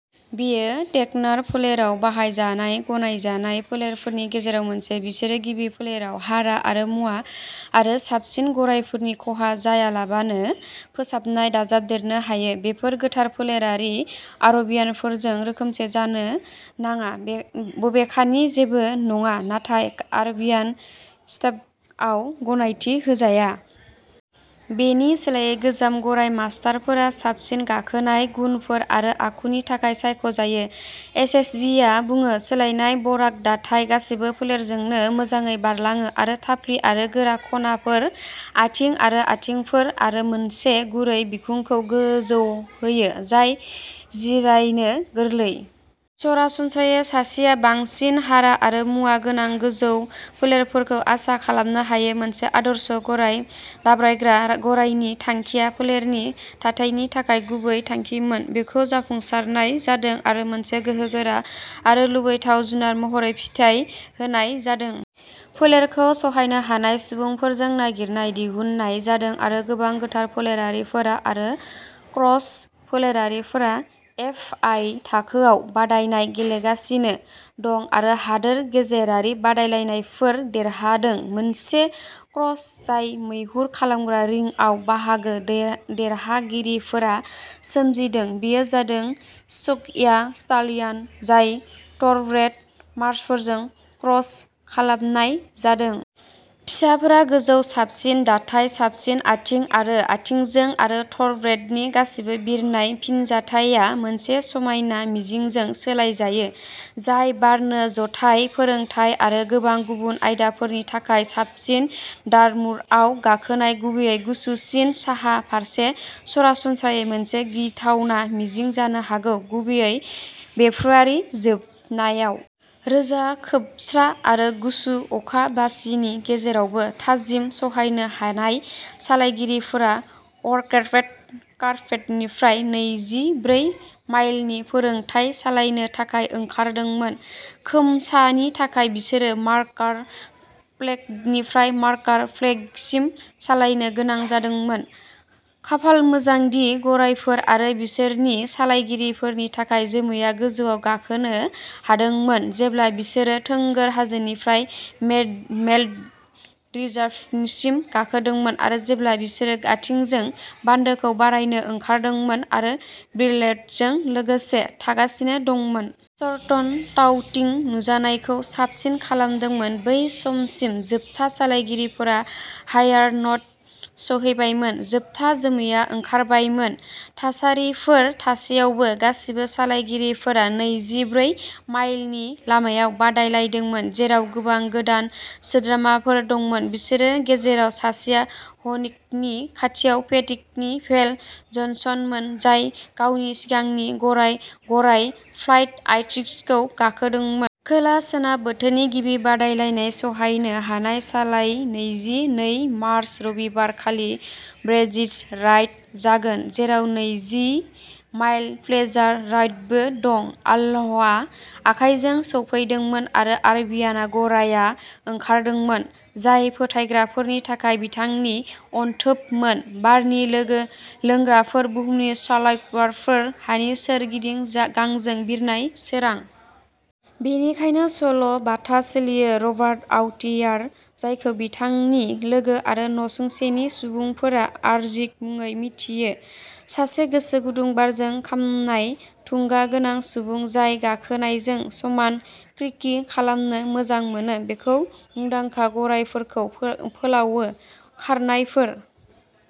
बेयो ट्रेकहनार फोलेराव बाहायजानाय गनायजानाय फोलेरफोरनि गेजेराव मोनसे। बिसोर गिबि फोलेराव हारा आरो मुवा आरो साबसिन गरायफोरनि खहा जायालाबानो फोसाबनाय दाजाबदेरनो हायो। बेफोरो गोथार फोलेरारि आरबियानफोरजों रोखोमसे जानो नाङा, बे बबेखानि जेबो नङा, नाथाय आरबियान, स्टाडबुकआव गनायथि होजानाय। बेनि सोलायै गोजाम गराय मास्टारफोरा साबसिन गाखोनाय गुनफोर आरो आखुनि थाखाय सायख'जायो, एएसएभिआ बुङो। सोलायनाय बारक दाथाया गासैबो फोलेरफोरजों मोजाङै बारलाङो आरो थाफ्लि आरो गोरा खनाफोर, आथिं आरो आथिंफोर आरो मोनसे गुरै बिखुंखौ जौगाहोयो जाय जिरायनो गोरलै। सरासनस्रायै सासेया बांसिन हारा आरो मुवा गोनां गोजौ फोलेरफोरखौ आसा खालामनो हायो। मोनसे आदर्श गराय दाब्रायग्रा गरायनि थांखिया फोलेरनि थाथायनि थाखाय गुबै थांखिमोन। बेखौ जाफुंसारनाय जादों आरो मोनसे गोहोगोरा आरो लुबैथाव जुनार महरै फिथाय होनाय जादों। फोलेरखौ सहायनो हानाय सुबुंफोरजों नागिरना दिहुननाय जादों आरो गोबां गोथार फोलेरारिफोर आरो क्रस फोलेरारिफोरा एफईआई थाखोआव बादायनाय गेलेगासिनो दं आरो हादोर गेजेरारि बादायलायनायफोर देरहादों। मोनसे क्रस जाय मैहुर खालामग्रा रिंआव बाहागो देर देरहागिरिफोर सोमजिहोदों, बेयो जादों शग्या स्टालियन, जायखौ थ'रब्रेड मार्सफोरजों क्रस खालामनाय जादों। फिसाफोरा गोजौ, साबसिन दाथाय, साबसिन आथिं आरो आथिंजों, आरो थ्रुब्रेडनि गासिबो बिरनाय फिनजाथाया मोनसे समायना मिजिंजों सोलायजायो, जाय बारनो, जथाय फोरोंथाय आरो गोबां गुबुन आयदाफोरनि थाखाय साबसिन। डार्टमुरआव गाखोनाया, गुबैयै गुसुसिन साहा फारसे, सरासनस्रायै मोनसे गिथावना मिजिं जानो हागौ, गुबैयै फेब्रुआरिनि जोबनायाव। रोजा खोमस्रा आरो गुसु अखा बाजिनि गेजेरावबो थामजि सहायनो हानाय सालायगिरिफोरा अकेहेम्पटन केम्पनिफ्राय नैजि ब्रै माइलनि फोरोंथाय सालायनो थाखाय ओंखारदोंमोन। खोमसानि थाखाय बिसोरो मार्कार फ्लेगनिफ्राय मार्कार फ्लेगसिम सालायनो गोनां जादोंमोन। खाफाल मोजां दि गरायफोर आरो बिसोरनि सालायगिरिफोरनि थाखाय, जोमैआ गोजौआव गाखोनो हमदोंमोन जेब्ला बिसोरो थोंगोर हाजोनिफ्राय मेड मेलडन रिजार्वयारसिम गाखोदोंमोन आरो जेब्ला बिसोरो आथिंजों बान्दोखौ बारनो ओंखारदोंमोन आरो ब्रिडलवेजों लोगोसे थांगासिनो दंमोन। सरटन डाउनथिं नुजानायखौ साबसिन खालामदोंमोन। बै समसिम, जोबथा सालायगिरिफोरा हाइयार नडेन सौहैबायमोन, जोबथा जोमैआ ओंखारबायमोन। थासारिफोर थासेयावबो, गासिबो सालायगिरिफोरा नैजि ब्रै माइलनि लामायाव बादायलायदोंमोन, जेराव गोबां गोदान सोद्रोमाफोर दंमोन। बिसोरनि गेजेराव सासेआ हनिटननि खाथियाव फेनिटननि भेल जन्समोन, जाय गावनि सिगांनि गराय गराय, फ्लाइं आर्टिस्टखौ गाखोदोंमोन। खोला सोनाबाव बोथोरनि गिबि बादायलायनाय सहायनो हानाय सालाया नैजि नै मार्च, रबिबार खालि वेडब्रिज राइड जागोन, जेराव नैजि माइल प्लेजार राइडबो दं। अल्लाहआ आखायजों सौफैदोंमोन आरो आरबियान गरायआ ओंखारदोंमोन, जाय फोथायग्राफोरनि थाखाय बिथांनि अनथोबमोन, बारनि लोंग्राफोर, बुहुमनि स्वालावारफोर, हानि सोरगिदिं गांजों बिरनाय सोरां। बेनिखायनो सल' बाथाआ सोलियो। रबार्ट बाउटियार, जायखौ बिथांनि लोगो आरो नसुंसेनि सुबुंफोरा आर्ची मुङै मिथियो, सासे गोसो गुदुं, बारजों खामनाय, थुलुंगागोनां सुबुं जाय गाखोनायजों समान स्की खालामनो मोजां मोनो, बेफोर मुंदांखा गरायफोरखौ फो-फोलावो, खारनायफोर।